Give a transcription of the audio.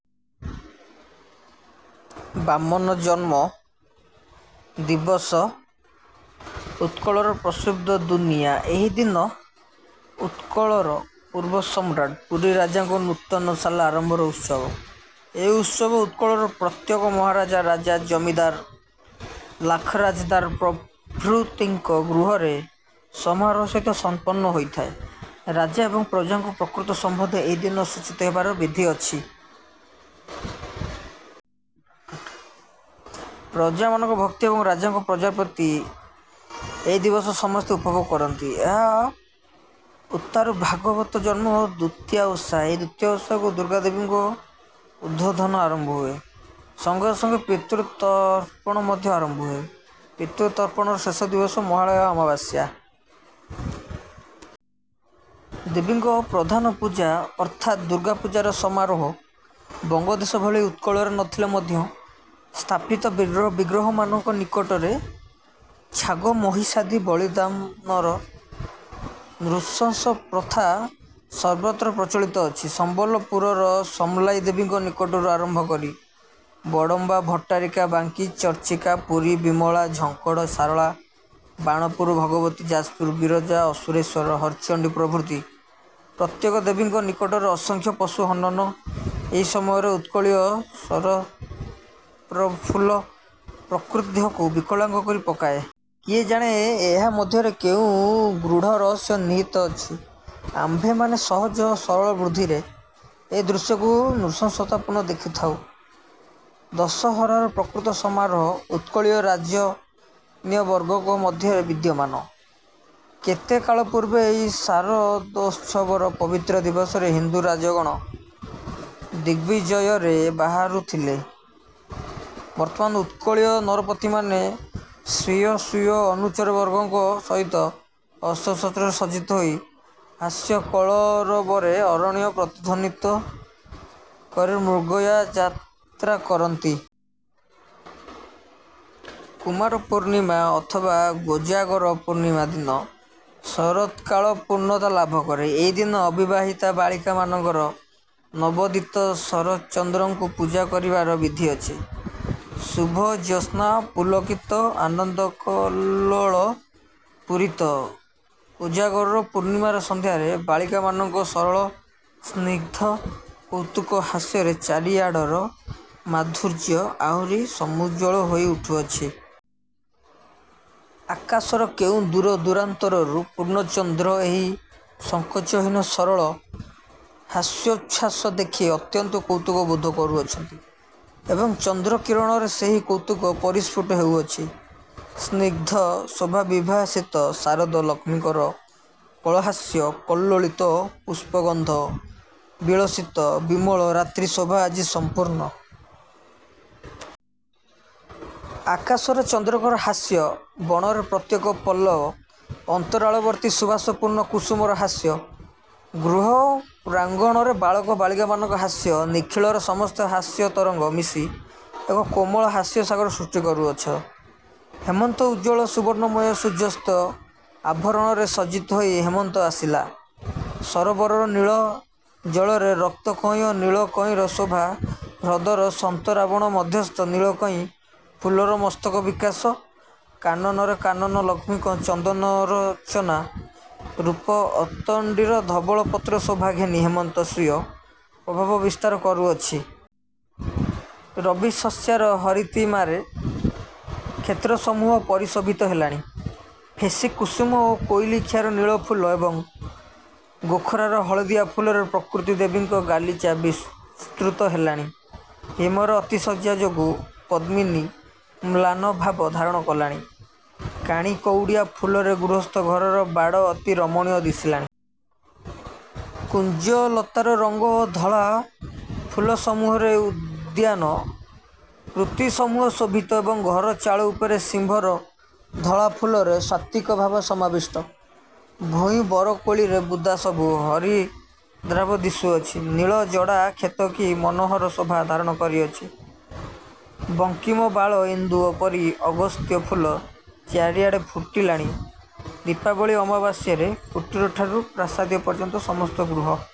ବାମନଜନ୍ମ ଦିବସ ଉତ୍କଳର ପ୍ରସିଦ୍ଧ ସୁନିଆ । ଏହି ଦିନ ଉତ୍କଳର ପୂର୍ବ ସମ୍ରାଟ୍ ପୁରୀ ରାଜାଙ୍କ ନୂତନ ସାଲ ଆରମ୍ଭର ଉତ୍ସବ। ଏହି ଉତ୍ସବ ଉତ୍କଳର ପ୍ରତ୍ୟେକ ମହାରାଜା। ରାଜା, ଜମିଦାର, ଲାଖରାଜଦାର ପ୍ରଭୃତିଙ୍କ ଗୃହରେ ସମାରୋହ ସହିତ ସମ୍ପନ୍ନ ହୋଇଥାଏ। ରାଜା ଏବଂ ପ୍ରଜାଙ୍କ ପ୍ରକୃତ ସମ୍ୱନ୍ଧ ଏହି ଦିନ ସୂଚିତ ହେବାର ବିଧି ଅଛି। ପ୍ରଜାମାନଙ୍କ ଭକ୍ତି ଏବଂ ରାଜାଙ୍କ ପ୍ରଜା ପ୍ରୀତି ଏହି ଦିବସ ସମସ୍ତେ ଉପଭୋଗ କରନ୍ତି। ଏହା ଉତ୍ତାରୁ ଭାଗବତଜନ୍ମ ଓ ଦୁତିଆ ଓଷା। ଏହି ଦୁତିଆ ଓଷାରୁ ଦୁର୍ଗାଦେବୀଙ୍କ ଉଦ୍ବୋଧନ ଆରମ୍ଭ ହୁଏ, ସଙ୍ଗେ ସଙ୍ଗେ ପିତୃତର୍ପଣ ମଧ୍ୟ ଆରମ୍ଭ ହୁଏ। ପିତୃତର୍ପଣର ଶେଷ ଦିବସ ମହାଳୟା ଅମାବାସ୍ୟା। ଦେବୀଙ୍କ ପ୍ରଧାନ ପୂଜା ଅର୍ଥାତ୍ ଦୁର୍ଗାପୂଜାର ସମାରୋହ ବଙ୍ଗଦେଶ ଭଳି ଉତ୍କଳରେ ନ ଥିଲେ ମଧ୍ୟ ସ୍ଥାପିତ ବିଗ୍ରହମାନଙ୍କ ନିକଟରେ ଛାଗ ମହିଷାଦି ବଳିଦାମନର ନୃଶଂସ ପ୍ରଥା ସର୍ବତ୍ର ପ୍ରଚଳିତ ଅଛି। ସମ୍ବଲପୁରର ସମଲାଇ ଦେବୀଙ୍କ ନିକଟରୁ ଆରମ୍ଭ କରି, ବଡ଼ମ୍ୱା-ଭଟ୍ଟାରିକା ବାଙ୍କି-ଚର୍ଚ୍ଚିକା, ପୁରୀ-ବିମଳା, ଝଙ୍କଡ଼ ଶାରଳା, ବାଣପୁର ଭଗବତୀ, ଯାଜପୁର ବିରଜା, ଅସୁରେଶ୍ୱର ହରଚଣ୍ଡୀ ପ୍ରଭୃତି ପ୍ରତ୍ୟେକ ଦେବୀଙ୍କ ନିକଟରେ ଅସଂଖ୍ୟ ପଶୁ ହନନ ଏହି ସମୟରେ ଉତ୍କଳୀୟ ଶରତ୍ପ୍ର ଫୁଲ୍ଲ ପ୍ରକୃତି ଦେହକୁ ବିକଳାଙ୍ଗ କରି ପକାଏ। କିଏ ଜାଣେ, ଏହା ମଧ୍ୟରେ କେଉଁ ଗୃଢ଼ ରହସ୍ୟ ନିହିତ ଅଛି? ଆମ୍ଭେମାନେ ସହଜ ଓ ସରଳବୁଦ୍ଧିରେ ଏ ଦୃଶ୍ୟକୁ ନୃଶଂସତାପୂର୍ଣ୍ଣ ଦେଖିଥାଉଁ। ଦଶହରାର ପ୍ରକୃତ ସମାରୋହ ଉତ୍କଳୀୟ ରାଜନ୍ୟବର୍ଗଙ୍କ ମଧ୍ୟରେ ବିଦ୍ୟମାନ। କେତେକାଳ ପୂର୍ବେ ଏହି ଶାରଦୋତ୍ସବର ପବିତ୍ର ଦିବସରେ ହିନ୍ଦୁ ରାଜଗଣ ଦିଗ୍ବିଜୟରେ ବାହାରୁଥିଲେ, ବର୍ତ୍ତମାନ ଉତ୍କଳୀୟ ନରପତିମାନେ ସ୍ୱୀୟ ସ୍ୱୀୟ ଅନୁଚରବର୍ଗଙ୍କ ସହିତ ଅସ୍ତ୍ରଶସ୍ତ୍ରରେ ସଜ୍ଜିତ ହୋଇ ହାସ୍ୟକଳରବରେ ଅରଣ୍ୟ ପ୍ରତିଧ୍ୱନିତ କରି ମୃଗୟାଯାତ୍ରା କରନ୍ତି। କୁମାରପୂର୍ଣ୍ଣିମା ଅଥବା କୋଜାଗର ପୂର୍ଣ୍ଣିମା ଦିନ ଶରତ୍କାଳ ପୂର୍ଣ୍ଣତା ଲାଭ କରେ। ଏହି ଦିନ ଅବିବାହିତା ବାଳିକାମାନଙ୍କର ନବୋଦିତ ଶରଚ୍ଚନ୍ଦ୍ରଙ୍କୁ ପୂଜା କରିବାର ବିଧି ଅଛି। ଶୁଭ-ଜ୍ୟେତ୍ସ୍ନା-ପୁଲକିତ, ଆନନ୍ଦକଲ୍ଲୋଳ ପୂରିତ କୋଜାଗର ପୂର୍ଣ୍ଣିମାର ସନ୍ଧ୍ୟାରେ ବାଳିକାମାନଙ୍କ ସରଳ, ସ୍ନିଗ୍ଧ କୌତୁକ ହାସ୍ୟରେ ଚାରି ଆଡ଼ର ମାଧୁର୍ଯ୍ୟ ଆହୁରି ସମୁଜ୍ଜ୍ୱଳ ହୋଇ ଉଠୁଅଛି! ଆକାଶର କେଉଁ ଦୂର ଦୂରାନ୍ତରରୁ ପୂର୍ଣ୍ଣଚନ୍ଦ୍ର ଏହି ସଙ୍କୋଚହୀନ ସରଳ ହାସ୍ୟୋଚ୍ଛ୍ୱାସ ଦେଖି ଅତ୍ୟନ୍ତ କୌତୁକ ବୋଧ କରୁଅଛନ୍ତି ଏବଂ ଚନ୍ଦ୍ରକିରଣରେ ସେହି କୌତୁକ ପରିସ୍ଫୁଟ ହେଉଅଛି। ସ୍ନିଗ୍ଧ ଶୋଭାବିଭାସିତ ଶାରଦ ଲକ୍ଷ୍ମୀଙ୍କର କଳହାସ୍ୟ କଲ୍ଲୋଳିତ ପୁଷ୍ପଗନ୍ଧ ବିଳସିତ ବିମଳ ରାତ୍ରି ଶୋଭା ଆଜି ସମ୍ପୂର୍ଣ୍ଣ। ଆକାଶରେ ଚନ୍ଦ୍ରଙ୍କର ହାସ୍ୟ, ବଣରେ ପ୍ରତ୍ୟେକ ପଲ ଅନ୍ତରାଳବର୍ତ୍ତୀ ସୁବାସପୂର୍ଣ୍ଣ କୁସୁମର ହାସ୍ୟ, ଗୃହପ୍ରାଙ୍ଗଣରେ ବାଳକ ବାଳିକାମାନଙ୍କ ହାସ୍ୟ ନିଖିଳର ସମସ୍ତ ହାସ୍ୟତରଙ୍ଗ ମିଶି ଏକ କୋମଳ ହାସ୍ୟସାଗର ସୃଷ୍ଟି କରୁଅଛ! ହେମନ୍ତ ଉଜ୍ଜ୍ୱଳ ସୁବର୍ଣ୍ଣମୟ ସୂର୍ଯ୍ୟାସ୍ତ ଆଭରଣରେ ସଜ୍ଜିତ ହୋଇ ହେମନ୍ତ ଆସିଲା। ସରୋବରର ନୀଳ ଜଳରେ ରକ୍ତକଇଁ ଓ ନୀଳକଇଁର ଶୋଭା ହ୍ରଦର ସନ୍ତରାବଣ ମଧ୍ୟସ୍ଥ ନୀଳକଇଁ ଫୁଲର ମସ୍ତକ ବିକାଶ, କାନନରେ କାନନ ଲକ୍ଷ୍ମୀଙ୍କ ଚନ୍ଦନରଚନା ରୂପ ଅତଣ୍ଡୀର ଧବଳ ପତ୍ର ଶୋଭା ଘେନି ହେମନ୍ତ ସୀୟ ପ୍ରଭାବ ବିସ୍ତାର କରୁଅଛି। ରବି ଶସ୍ୟର ହରିତିମାରେ କ୍ଷେତ୍ରସମୂହ ପରିଶୋଭିତ ହେଲାଣି। ଫେସି କୁସୁମ ଓ କୋଇଲିଖିଆର ନୀଳ ଫୁଲ ଏବଂ ଗୋଖରାର ହଳଦିଆ ଫୁଲରେ ପ୍ରକୃତିଦେବୀଙ୍କ ଗାଲିଚା ବିସ୍ତୃତ ହେଲାଣି। ହିମର ଅତିଶଯ୍ୟ ଯୋଗୁଁ ପଦ୍ମିନୀ ମ୍ଳାନଭାବ ଧାରଣ କଲାଣି। କାଣିକଉଡ଼ିଆ ଫୁଲରେ ଗୃହସ୍ଥ ଘରର ବାଡ଼ ଅତି ରମଣୀୟ ଦିଶିଲାଣି। କୁଞ୍ଜଲତାର ରଙ୍ଗ ଓ ଧଳା ଫୁଲସମୂହରେ ଉଦ୍ୟାନ ବୃତିସମୂହ ଶୋଭିତ ଏବଂ ଘର ଚାଳ ଉପରେ ଶିମ୍ୱର ଧଳାଫୁଲରେ ସାତ୍ତ୍ୱିକଭାବ ସମାବିଷ୍ଟ। ଭୂଇଁ ବରକୋଳିରେ ବୁଦା ସବୁ ହରିଦ୍ରାଭ ଦିଶୁଅଛି। ନୀଳ ଜଡ଼ା କ୍ଷେତ କି ମନୋହର ଶୋଭା ଧାରଣ କରିଅଛି! ବଙ୍କିମ ବାଳ ଇନ୍ଦୁ ପରି ଅଗସ୍ତ୍ୟ ଫୁଲ ଚାରି ଆଡ଼େ ଫୁଟିଲାଣି। ଦୀପାବଳୀ ଆମାବାସ୍ୟରେ କୁଟୀରଠାରୁ ପ୍ରାସାଦ ପର୍ଯ୍ୟନ୍ତ ସମସ୍ତ ଗୃହ